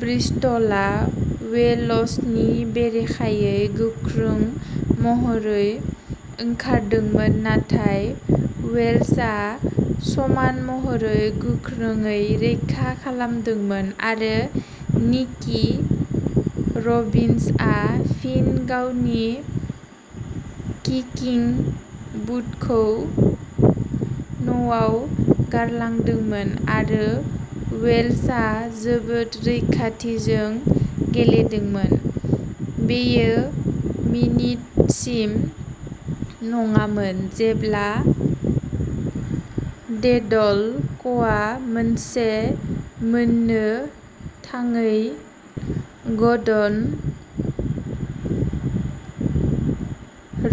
ब्रिस्टलआ वेल्शनि बेरेखायै गोख्रों महरै ओंखारदोंमोन, नाथाय वेल्शआ समान महरै गोख्रोंयै रैखा खालामदोंमोन आरो निकि रबिनसनआ फिन गावनि किकिं बुटखौ न'आव गारलांदोंमोन आरो वेल्शआ जोबोद रैखाथिजों गेलेदोंमोन, बेयो मिनिटसिम नङामोन जेब्ला डेडल'कआ मोनसे मोननो थाङै ग'र्डन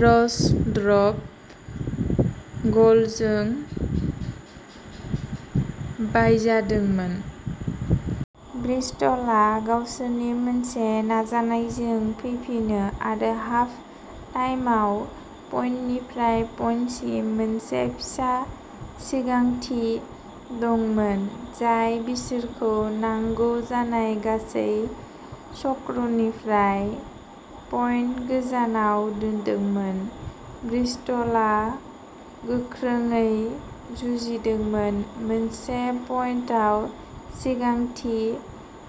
रस ड्रप गलजों बायजादोंमोन। ब्रिस्टलआ गावसोरनि मोनसे नाजानायजों फैफिनो आरो हाफ टाइमआव पइन्टनिफ्राय पइन्टसिम मोनसे फिसा सिगांथि दंमोन, जाय बिसोरखौ नांगौ जानाय गासै स्क'रनिफ्राय पइन्ट गोजानाव दोनदोंमोन। ब्रिस्टलआ गोख्रोंयै जुजिदोंमोन, मोनसे पइन्टआव सिगांथि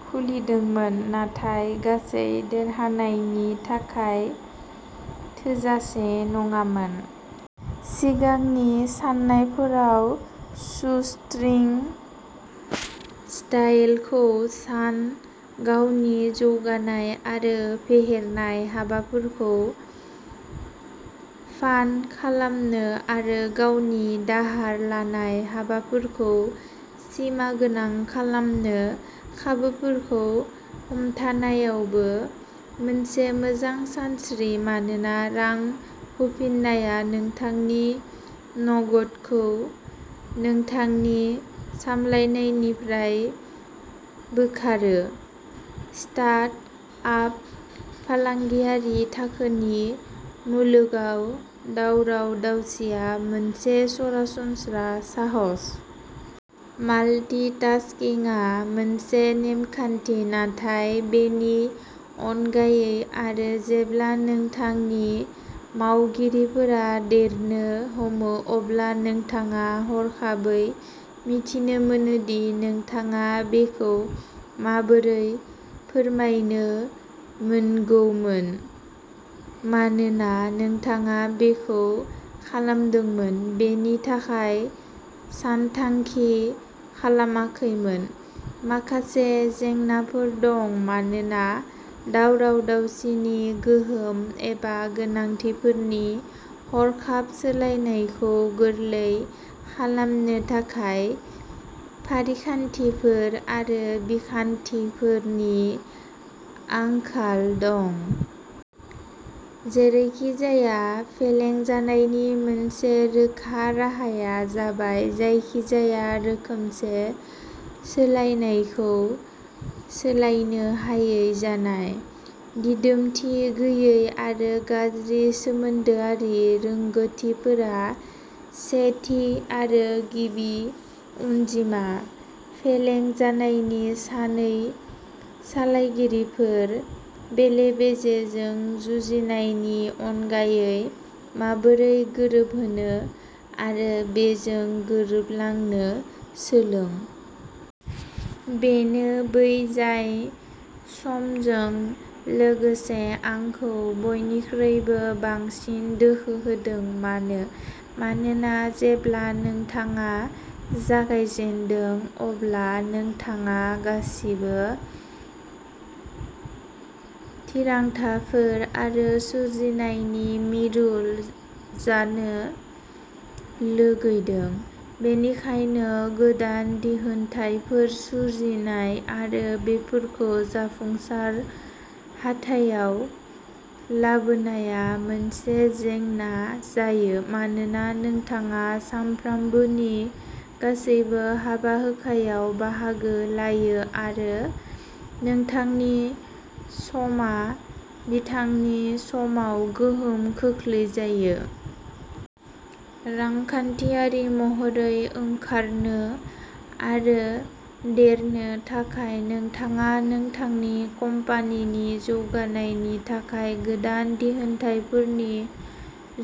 खुलिदोंमोन, नाथाय गासै देरहानायनि थाखाय थोजासे नङामोन। सिगांनि सानफोराव शूस्ट्रिंग स्टाइलखौ सान। गावनि जौगानाय आरो फेहेरनाय हाबाफोरखौ फान्ड खालामनो आरो गावनि दाहार लानाय हाबाफोरखौ सिमागोनां खालामनो खाबुफोरखौ हमथानायाबो मोनसे मोजां सानस्रि मानोना रां होफिन्नाया नोंथांनि नगदखौ नोंथांनि सामलायनायनिफ्राय बोखारो। स्टार्ट आप फालांगियारि थाखोनि मुलुगाव दावराव-दावसिआ मोनसे सरासनस्रा साहस। माल्टिटास्किंआ मोनसे नेमखान्थि, नाथाय बेनि अनगायै आरो जेब्ला नोंथांनि मावगिरिफोरा देरनो हमो, अब्ला नोंथाङा हरखाबै मिथिनो मोनो दि नोंथाङा बेखौ माबोरै फोरमायनो मोनगौमोन, मानोना नोंथाङा बेखौ खालामदोंमोन, बेनि थाखाय सानथांखि खालामाखैमोन। माखासे जेंनाफोर दं, मानोना दावराव-दावसिनि गोहोम एबा गोनांथिफोरनि हरखाब सोलायनायखौ गोरलै खालामनो थाखाय फारिखान्थिफोर आरो बिखान्थिफोरनि आंखाल दं। जेरैखिजाया, फेलें जानायनि मोनसे रोखा राहाया जाबाय जायखिजाया रोखोमनि सोलायनायखौ सोलायनो हायै जानाय। दिदोमथि गैयै आरो गाज्रि सोमोन्दोआरि रोंग'थिफोरा सेथि आरो गिबि अनजिमा। फेलें जानायनि सानै सालायगिरिफोर। बेले-बेजेजों जुजिनायनि अनगायै माबोरै गोरोबहोनो आरो बेजों बोहैलांनो सोलों। बेनो बै जाय समजों लोगोसे आंखौ बयनिख्रुइबो बांसिन दुखु होदों। मानो? मानोना जेब्ला नोंथाङा जागायजेनदों, अब्ला नोंथाङा गासिबो थिरांथाफोर आरो सोरजिनायनि मिरु जानो लुगैदों। बेनिखायनो, गोदान दिहुनथायफोर सोरजिनाय आरो बेफोरखौ जाफुंसारै हाथायाव लाबोनाया मोनसे जेंना जायो मानोना नोंथाङा सानफ्रोमबोनि गासैबो हाबा-हुखायाव बाहागो लायो आरो नोंथांनि समआ बिथांनि समाव गोहोम खोख्लैजायो। रांखान्थियारि महरै ओंखारनो आरो देरनो थाखाय नोंथाङा नोंथांनि कम्पानिनि जौगानायनि थाखाय गोदान दिहुनथायफोरनि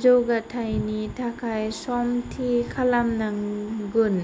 जौगाथायनि थाखाय सम थि खालामनांगोन।